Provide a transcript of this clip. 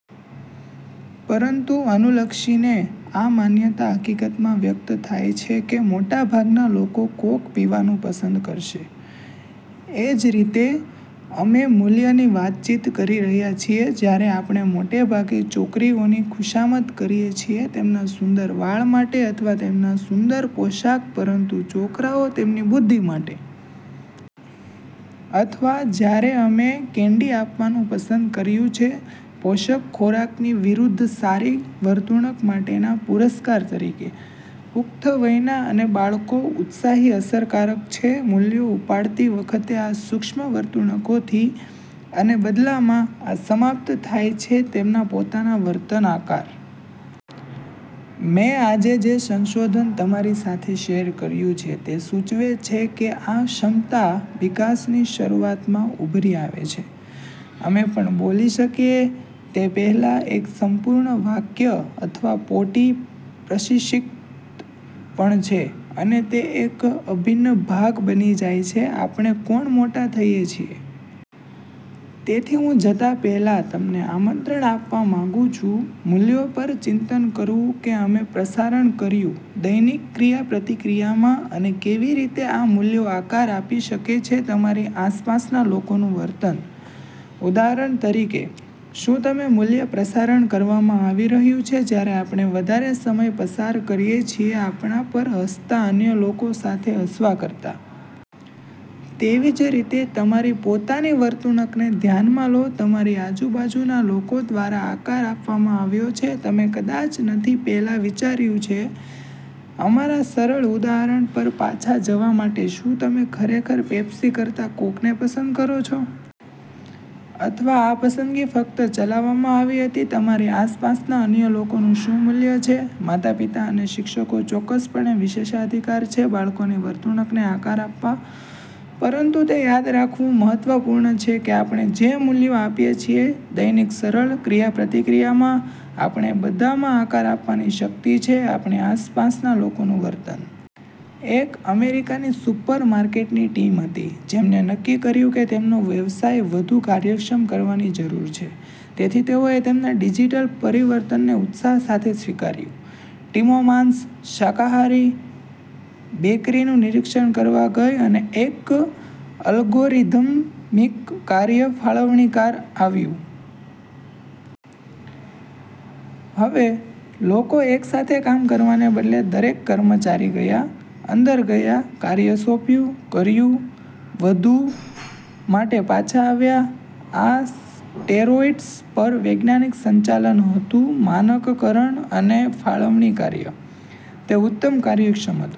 પરંતુ અનુલક્ષીને આ માન્યતા હકીકતમાં વ્યક્ત થાય છે કે મોટાભાગના લોકો કોક પીવાનું પસંદ કરશે. એ જ રીતે, અમે મૂલ્યની વાતચીત કરી રહ્યા છીએ જ્યારે આપણે મોટે ભાગે છોકરીઓની ખુશામત કરીએ છીએ તેમના સુંદર વાળ માટે અથવા તેમના સુંદર પોશાક પરંતુ છોકરાઓ તેમની બુદ્ધિ માટે. અથવા જ્યારે અમે કેન્ડી આપવાનું પસંદ કર્યું છે પોષક ખોરાકની વિરુદ્ધ સારી વર્તણૂક માટેના પુરસ્કાર તરીકે. પુખ્ત વયના અને બાળકો ઉત્સાહી અસરકારક છે મૂલ્યો ઉપાડતી વખતે આ સૂક્ષ્મ વર્તણૂકોથી. અને બદલામાં, આ સમાપ્ત થાય છે તેમના પોતાના વર્તન આકાર. મેં આજે જે સંશોધન તમારી સાથે શેર કર્યું છે તે સૂચવે છે કે આ ક્ષમતા વિકાસની શરૂઆતમાં ઉભરી આવે છે. અમે પણ બોલી શકીએ તે પહેલાં એક સંપૂર્ણ વાક્ય અથવા પોટી-પ્રશિક્ષિત પણ છે અને તે એક અભિન્ન ભાગ બની જાય છે આપણે કોણ મોટા થઈએ છીએ. તેથી હું જતા પહેલાં તમને આમંત્રણ આપવા માંગુ છું મૂલ્યો પર ચિંતન કરવું કે અમે પ્રસારણ કર્યું દૈનિક ક્રિયાપ્રતિક્રિયામાં અને કેવી રીતે આ મૂલ્યો આકાર આપી શકે છે તમારી આસપાસના લોકોનું વર્તન. ઉદાહરણ તરીકે, શું તમે મૂલ્ય પ્રસારણ કરવામાં આવી રહ્યું છે જ્યારે આપણે વધારે સમય પસાર કરીએ છીએ આપણા પર હસતાં અન્ય લોકો સાથે હસવા કરતાં? તેવી જ રીતે, તમારે પોતાની વર્તણકને ધ્યાનમાં લો તમારી આજુબાજુના લોકો દ્વારા આકાર આપવામાં આવ્યો છે, તમે કદાચ નથી પહેલાં વિચાર્યું છે. અમારા સરળ ઉદાહરણ પર પાછા જવા માટે શું તમે ખરેખર પેપ્સી કરતા કોકને પસંદ કરો છો? અથવા આ પસંદગી ફક્ત ચલાવવામાં આવી હતી તમારી આસપાસના અન્ય લોકોનું શું મૂલ્ય છે? માતાપિતા અને શિક્ષકો ચોક્કસપણે વિશેષાધિકાર છે બાળકોની વર્તણૂકને આકાર આપવા. પરંતુ તે યાદ રાખવું મહત્વપૂર્ણ છે કે આપણે જે મૂલ્યો આપીએ છીએ દૈનિક સરળ ક્રિયાપ્રતિક્રિયામાં, આપણે બધામાં આકાર આપવાની શક્તિ છે આપણી આસપાસના લોકોનું વર્તન. એક અમેરિકાની સુપર માર્કેટની ટીમ હતી જેમને નક્કી કર્યું કે તેમનો વ્યવસાય વધુ કાર્યક્ષમ કરવાની જરૂર છે. તેથી તેઓએ તેમના ડિજિટલ પરિવર્તનને ઉત્સાહ સાથે સ્વીકાર્યું. ટીમો માંસ, શાકાહારી, બેકરીનું નિરીક્ષણ કરવા ગઈ અને એક અલ્ગોરિધમિક કાર્ય ફાળવણીકાર આવ્યું. હવે, લોકો એક સાથે કામ કરવાને બદલે દરેક કર્મચારી ગયા, અંદર ગયા, કાર્ય સોંપ્યું, કર્યું, વધુ માટે પાછા આવ્યા. આ સ્ટેરોઇડ્સ પર વૈજ્ઞાનિક સંચાલન હતુ માનકકરણ અને ફાળવણી કાર્ય. તે ઉત્તમ કાર્યક્ષમ હતું.